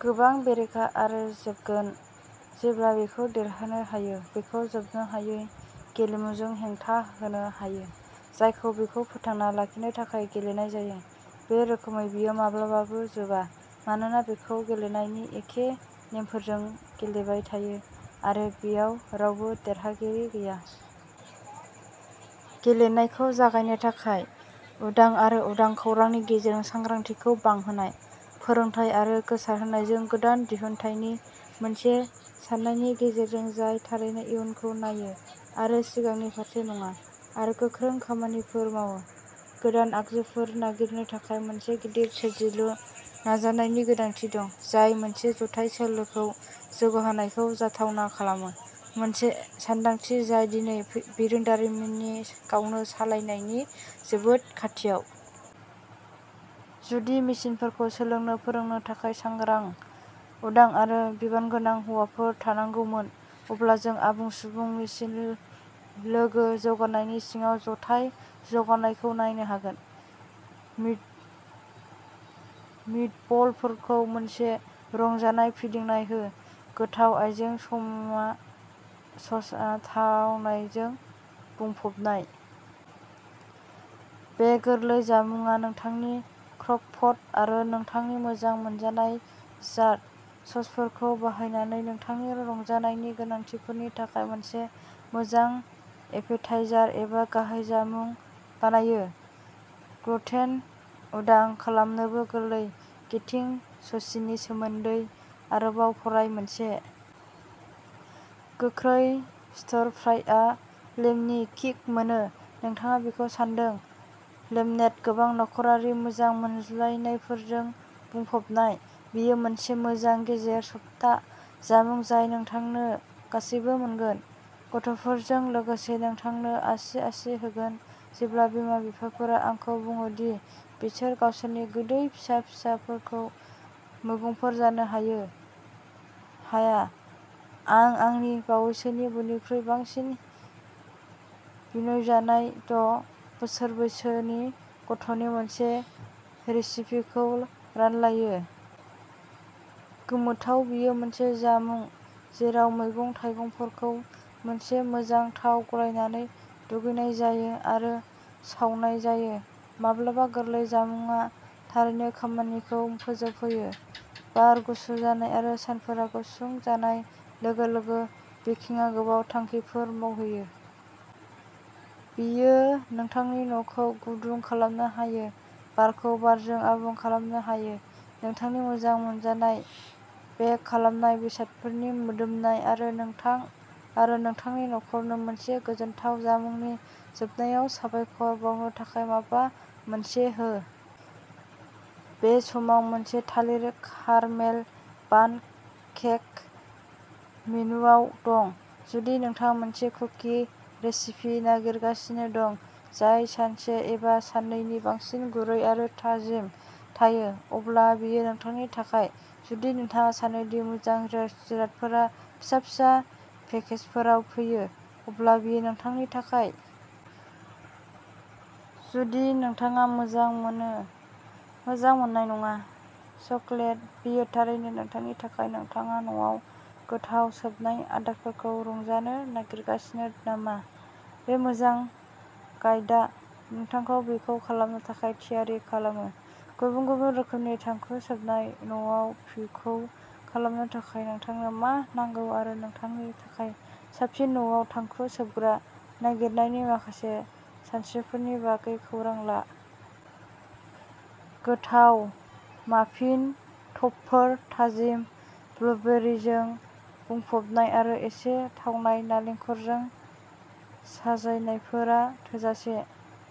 गोबां बेरेखा आरो जोबगोन जेब्ला बेखौ देरहानो हायो बेखौ जोबनो हायै गेलेमुजों हेंथा होनो हायो, जायखौ बेखौ फोथांना लाखिनो थाखाय गेलेनाय जायो। बे रोखोमै बेयो माब्लाबाबो जोबा, मानोना बेखौ गेलेनायनि एखे नेमफोरजों गेलेबाय थायो आरो बेयाव रावबो देरहागिरि गैया। गेलेनायखौ जागायनो थाखाय, उदां आरो उदां खौरांनि गेजेरजों सांग्रांथिखौ बांहोनाय, फोरोंथाय आरो गोसारहोनायजों, गोदान दिहुनथायनि मोनसे साननायनि गेजेरजों जाय थारैनो इयुनखौ नायो आरो सिगांनि फारसे नङा आरो गोख्रों खामानिफोर मावो। गोदान आगजुफोर नागिरनो थाखाय मोनसे गिदिर सोरजिलु नाजानायनि गोनांथि दं, जाय मोनसे जथाय सोलोखौ जौगाहोनायखौ जाथावना खालामो, मोनसे सानदांथि जाय दिनै बिरोंदामिननि गावनो सालायनायनि जोबोद खाथियाव। जुदि मेसिनफोरखौ सोलोंनो फोरोंनो थाखाय सांग्रां, उदां आरो बिबानगोनां हौवाफोर थानांगौमोन, अब्ला जों आबुं सुबुं मेसिन लोगो जौगानायनि सिङाव जथाय जौगानायखौ नायनो हागोन। मिटबलफोरखौ मोनसे रंजानाय फिदिंनाय हो। गोथाव हाइजें ससआ थावनायजों बुंफबनाय। बे गोरलै जामुंआ नोंथांनि क्रकपट आरो नोंथांनि मोजां मोनजानाय जारद ससफोरखौ बाहायनानै नोंथांनि रंजानायनि गोनांथिफोरनि थाखाय मोनसे मोजां एपेटाइजार एबा गाहाय जामुं बानायो। ग्लुटेन उदां खालामनोबो गोरलै गेटिं स'सीनि सोमोन्दै आरोबाव फराय मोनसे गोख्रै स्टिर फ्रायआ लेमनि किक मोनो, नोंथाङा बेखौ सान्दों लेमनेड गोबां नखरारि मोजां मोनजानायफोरजों बुंफबनाय, बेयो मोनसे मोजां गेजेर सप्ता जामुं जाय नोंथांनो गासैबो मोनगोन, गथ'फोरजों लोगोसे, नोंथांनो आसि-आसि होगोन जेब्ला बिमा-बिफाफोरा आंखौ बुङो दि बिसोर गावसोरनि गोदै फिसा फिसाफोरखौ मैगंफोर जानो होनो हाया, आं आंनि बावैसोनि बयनिख्रुइ बांसिन बिनायजानाय द' बोसोर बैसोनि गथ'नि मोनसे रेसिपिखौ रानलायो। गोमोथाव बेयो मोनसे जामुं जेराव मैगं-थाइगंफोरखौ मोनसे मोजां थाव गलायनानै दुगैनाय जायो आरो सावनाय जायो। माब्लाबा गोरलै जामुंआ थारैनो खामानिखौ फोजोबहोयो। बार गुसु जानाय आरो सानफोरा गुसुं जानाय लोगो-लोगो, बेकिंआ गोबां थांखिफोरखौ मावहोयो। बेयो नोंथांनि न'खौ गुदुं खालामनो हायो, बारखौ बारजों आबुं खालामनो हायो। नोंथांनि मोजां मोनजानाय बेक खालामनाय बेसादफोरनि मोदोमनाय आरो नोंथां आरो नोंथांनि नख'रनो मोनसे गोजोनथाव जामुंनि जोबनायाव साबायखर बावनो थाखाय माबा मोनसे हो। बे समाव, मोनसे थालिर कारमेल बान्ड केक मेनुवाव दं। जुदि नोंथाङा मोनसे कुकि रेसिपि नागिरगासिनो दं जाय सानसे एबा साननैनि बांसिन गुरै आरो थाजिम थायो, अब्ला बेयो नोंथांनि थाखाय। जुदि नोंथाङा सानो दि मोजां जिरादफोरा फिसा-फिसा पेकेजफोराव फैयो, अब्ला बेयो नोंथांनि थाखाय। जुदि नोंथाङा मोजां मोनो, मोजां मोननाय नङा, चकलेट बेयो थारैनो नोंथांनि थाखाय नोंथाङा न'आव गोथाव सोबनाय आदारफोरखौ रंजानो नागिरगासिनो नामा? बे मोजां गाइदा नोंथांखौ बेखौ खालामनो थाखाय थियारि खालामो। गुबुन-गुबुन रोखोमनि थांखु सोबनाय, न'आव बेखौ खालामनो थाखाय नोंथांनो मा नांगौ आरो नोंथांनि थाखाय साबसिन न'आव थांखु सोबग्रा नागिरनायनि माखासे सानस्रिफोरनि बागै खौरां ला। गोथाव माफिन टपफोर, थाजिम ब्लुबेरिजों बुंफबनाय आरो एसे थावनाय नालेंखरजों साजायनायफोरा थोजासे।